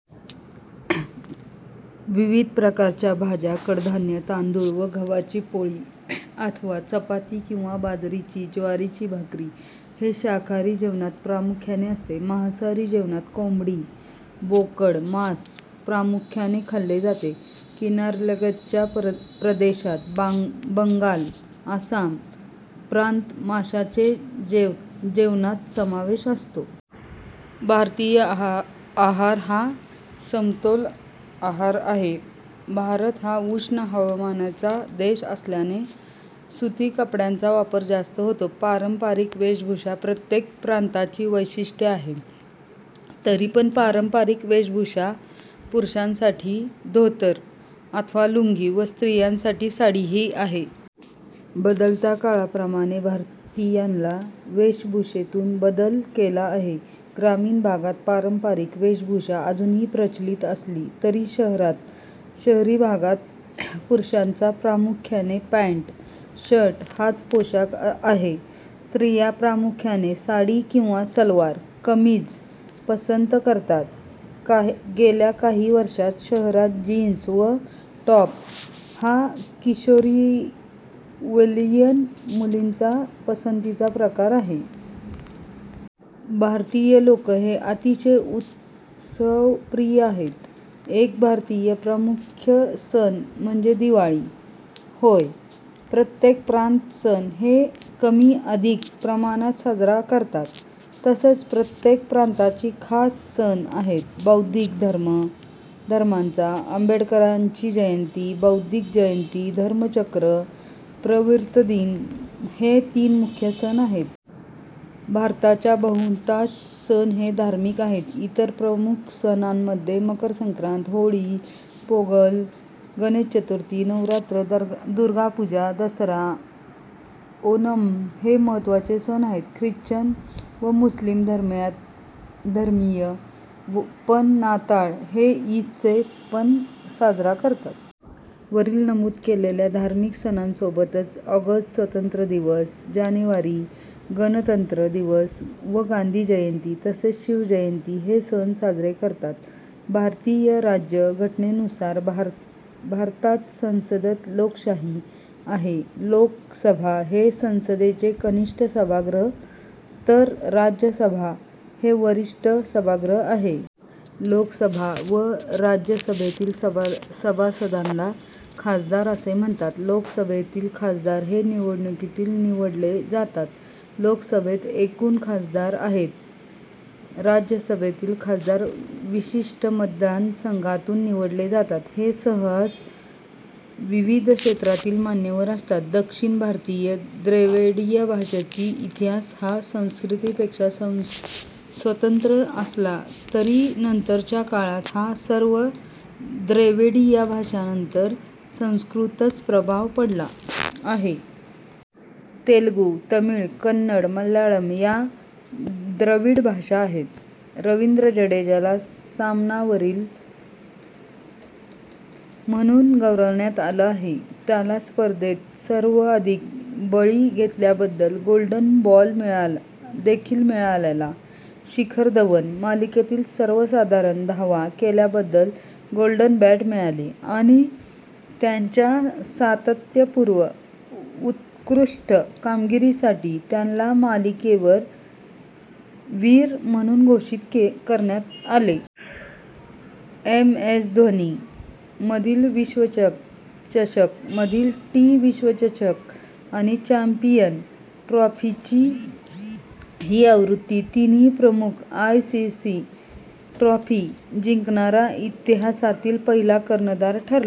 विविध प्रकारच्या भाज्या कडधान्ये, तांदूळ व गव्हाची पोळी अथवा चपाती किंवा बाजरीची / ज्वारीची भाकरी हे शाकाहारी जेवणात प्रामुख्याने असते. मासांहारी जेवणात कोंबडी व बोकडाचे मांस प्रामुख्याने खाल्ले जाते. किनाऱ्यालगतच्या प्रदेशात, बंगाल, आसाम या प्रांतात माशांचा जेवणात समावेश असतो. भारतीय आहार हा समतोल आहार आहे. भारत हा उष्ण हवामानाचा देश असल्याने सुती कपड्यांचा वापर जास्त होतो. पारंपारिक वेषभूषा प्रत्येक प्रांताचे वैशिष्ट्ये आहे. तरीपण पारंपारिक वेषभूषा पुरुषांसाठी धोतर अथवा लुंगी व स्रियांसाठी साडी हे आहे. बदलत्या काळाप्रमाणे भारतीयांनी वेषभूषेतही बदल केला आहे. ग्रामीण भागात पारंपारिक वेषभूषा अजूनही प्रचलित असली तरी शहरी भागात पुरुषांचा प्रामुख्याने पँट शर्ट हाच पोषाख आहे. स्रिया प्रामुख्याने साडी अथवा सलवार कमीझ पसंत करतात. गेल्या काही वर्षात शहरी भागात जीन्स व टॉप हा किशोरवयीन मुलींत पसंतीचा प्रकार आहे. भारतीय लोक हे अतिशय उत्सवप्रिय आहेत. एक भारतीय मुख्य सण म्हणजे दिवाळी होय. प्रत्येक प्रांतात सण हे कमी अधिक प्रमाणात साजरा करतात. तसेच प्रत्येक प्रांताचे खास सण आहेत. बौद्ध धर्मीयांचे आंबेडकर जयंती, बुद्ध जयंती व धम्मचक्र प्रवर्तन दिन हे तीन मुख्य सण आहेत. भारताच्या बहुतांशी सण हे धार्मिक आहेत. इतर मुख्य सणांमध्ये मकरसंक्रांत, होळी, पोंगल, गणेश चतुर्थी, नवरात्री, दुर्गापूजा, दसरा, ओणम हे मह्त्वाचे सण आहेत. ख्रिश्चन व इस्लाम धर्मीय पण नाताळ व ईदचे सण साजरा करतात. वरील नमूद केलेल्या धार्मिक सणांसोबतच ऑगस्ट स्वातंत्र्यदिवस, जानेवारी गणतंत्र दिवस व गांधी जयंती तसेच शिवजयंती हे सण साजरे करतात. भारतीय राज्य घटनेनुसार भारतात संसदीय लोकशाही आहे. लोकसभा हे संसदेचे कनिष्ठ सभागृह तर राज्यसभा हे वरिष्ठ सभागृह आहे. लोकसभा व राज्यसभेतील सभासदांना खासदार असे म्हणतात. लोकसभेतील खासदार हे निवडणुकीतून निवडले जातात. लोकसभेत एकूण खासदार आहेत. राज्यसभेतील खासदार विशिष्ट मतदारसंघांतून निवडले जातात. हे सहसा विविध क्षेत्रातील मान्यवर असतात. दक्षिण भारतीय द्रविडीय भाषांचा इतिहास हा संस्कृतपेक्षा स्वतंत्र असला तरी नंतरच्या काळात सर्व द्रविडीय भाषांवर संस्कृतचा प्रभाव पडलेला आहे. तेलुगू, तमिळ, कन्नड आणि मल्याळम या प्रमुख द्रविडीय भाषा आहेत. रवींद्र जडेजाला सामनावीर म्हणून गौरवण्यात आले आणि त्याला स्पर्धेत सर्वाधिक बळी घेतल्याबद्दल "गोल्डन बॉल" देखील मिळाला. शिखर धवनला मालिकेत सर्वाधिक धावा केल्याबद्दल "गोल्डन बॅट" मिळाली आणि त्याच्या सातत्यपूर्ण उत्कृष्ट कामगिरीसाठी त्याला मालिकावीर म्हणूनही घोषित करण्यात आले. एमएस धोनी मधील विश्वचषक, मधील टी- विश्वचषक आणि चॅम्पियन्स ट्रॉफीची ही आवृत्ती तीनही प्रमुख आयसीसी ट्रॉफी जिंकणारा इतिहासातील पहिला कर्णधार ठरला.